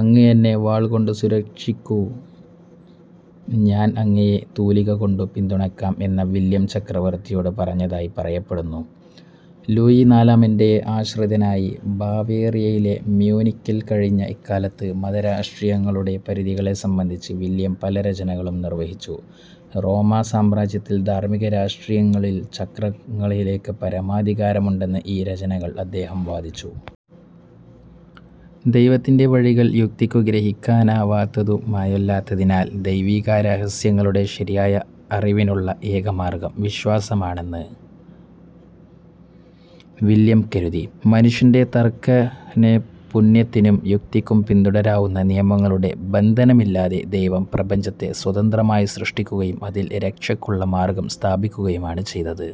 "അങ്ങ് എന്നെ വാൾ കൊണ്ടു സുരക്ഷിക്കു; ഞാൻ അങ്ങയെ തൂലിക കൊണ്ടു പിന്തുണയ്ക്കാം" എന്നു വില്യം ചക്രവർത്തിയോടു പറഞ്ഞതായി പറയപ്പെടുന്നു. ലൂയി നാലമന്റെ ആശ്രിയതനായി ബവേറിയയിലെ മ്യൂനിക്കിൽ കഴിഞ്ഞ ഇക്കാലത്ത് മത-രാഷ്ട്രീയങ്ങളുടെ പരിധികളെ സംബന്ധിച്ച് വില്യം പല രചനകളും നിർവഹിച്ചു. റോമാസാമ്രാജ്യത്തിൽ ധാർമ്മിക-രാഷ്ട്രീയകാര്യങ്ങളിൽ ചക്രവർത്തിക്ക് പരമാധികാരമുണ്ടെന്ന് ഈ രചനകളിൽ അദ്ദേഹം വാദിച്ചു. ദൈവത്തിന്റെ വഴികൾ യുക്തിക്കു ഗ്രഹിക്കാനാവുന്നവയല്ലാത്തതിനാൽ ദൈവികരഹസ്യങ്ങളുടെ ശരിയായ അറിവിനുള്ള ഏകമാർഗ്ഗം വിശ്വാസമാണെന്ന് വില്യം കരുതി. മനുഷ്യന്റെ തർക്കനൈപുണ്യത്തിനും യുക്തിക്കും പിന്തുടരാവുന്ന നിയമങ്ങളുടെ ബന്ധനമില്ലാതെ ദൈവം പ്രപഞ്ചത്തെ സ്വതന്ത്രമായി സൃഷ്ടിക്കുകയും അതിൽ രക്ഷക്കുള്ള മാർഗ്ഗം സ്ഥാപിക്കുകയുമാണു ചെയ്തത്.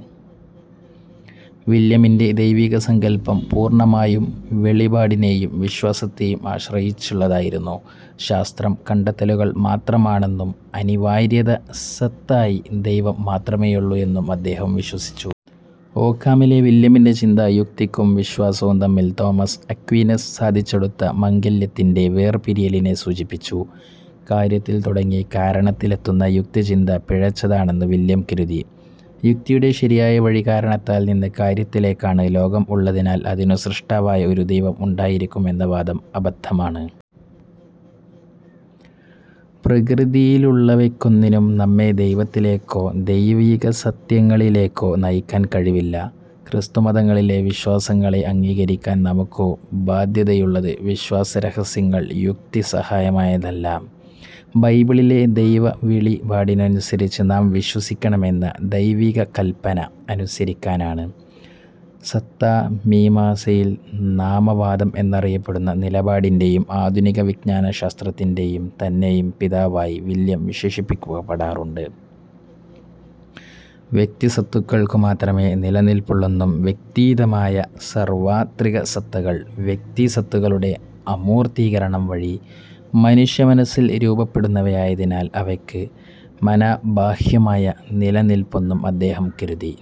വില്യമിന്റെ ദൈവസങ്കല്പം പൂർണ്ണമായും വെളിപാടിനേയും വിശ്വാസത്തേയും ആശ്രയിച്ചുള്ളതായിരുന്നു. ശാസ്ത്രം, കണ്ടെത്തലുകൾ മാത്രമാണെന്നും അനിവാര്യതസത്തയായി ദൈവം മാത്രമേയുള്ളു എന്നും അദ്ദേഹം വിശ്വസിച്ചു. ഓക്കമിലെ വില്യമിന്റെ ചിന്ത, യുക്തിയും വിശ്വാസവും തമ്മിൽ തോമസ് അക്വീനാസ് സാധിച്ചെടുത്ത 'മംഗല്യ'-ത്തിന്റെ വേർപിരിയലിനെ സൂചിപ്പിച്ചു. കാര്യത്തിൽ തുടങ്ങി കാരണത്തിലെത്തുന്ന യുക്തിചിന്ത പിഴച്ചതാണെന്നു വില്യം കരുതി. യുക്തിയുടെ ശരിയായ വഴി കാരണത്തിൽ നിന്ന് കാര്യത്തിലേക്കാണ്. ലോകം ഉള്ളതിനാൽ അതിനു സ്രഷ്ടാവായി ഒരു ദൈവം ഉണ്ടായിരിക്കും എന്ന വാദം അബദ്ധമാണ്. പ്രകൃതിയിലുള്ളവയ്ക്കൊന്നിനും നമ്മെ ദൈവത്തിലേക്കോ ദൈവികസത്യങ്ങളിലേക്കോ നയിക്കാൻ കഴിവില്ല. ക്രിസ്തുമതത്തിലെ വിശ്വാസസത്യങ്ങളെ അംഗീകരിക്കാൻ നമുക്കു ബാദ്ധ്യതയുള്ളത്, വിശ്വാസരഹസ്യങ്ങൾ യുക്തിസഹമായതിനാലല്ല, ബൈബിളിലെ ദൈവവെളിപാടിനനുസരിച്ച് നാം വിശ്വസിക്കണമെന്ന ദൈവകല്പന അനുസരിക്കാനാണ്. സത്താമീമാംസയിൽ നാമവാദം എന്നറിയപ്പെടുന്ന നിലപാടിന്റേയും ആധുനിക വിജ്ഞാനശാസ്ത്രത്തിന്റെ തന്നെയും പിതാവായി വില്യം വിശേഷിപ്പിക്കപ്പെടാറുണ്ട്. വ്യക്തിസത്തകൾക്കു മാത്രമേ നിലനില്പുള്ളെന്നും വ്യക്ത്യതീതമായ സാർവത്രികസത്തകൾ വ്യക്തിസത്തകളുടെ അമൂർത്തീകരണം വഴി മനുഷ്യമനസ്സിൽ രൂപപ്പെടുന്നവയായതിനാൽ അവയ്ക്ക് മനഃബാഹ്യമായ നിലനില്പില്ലെന്നും അദ്ദേഹം കരുതി.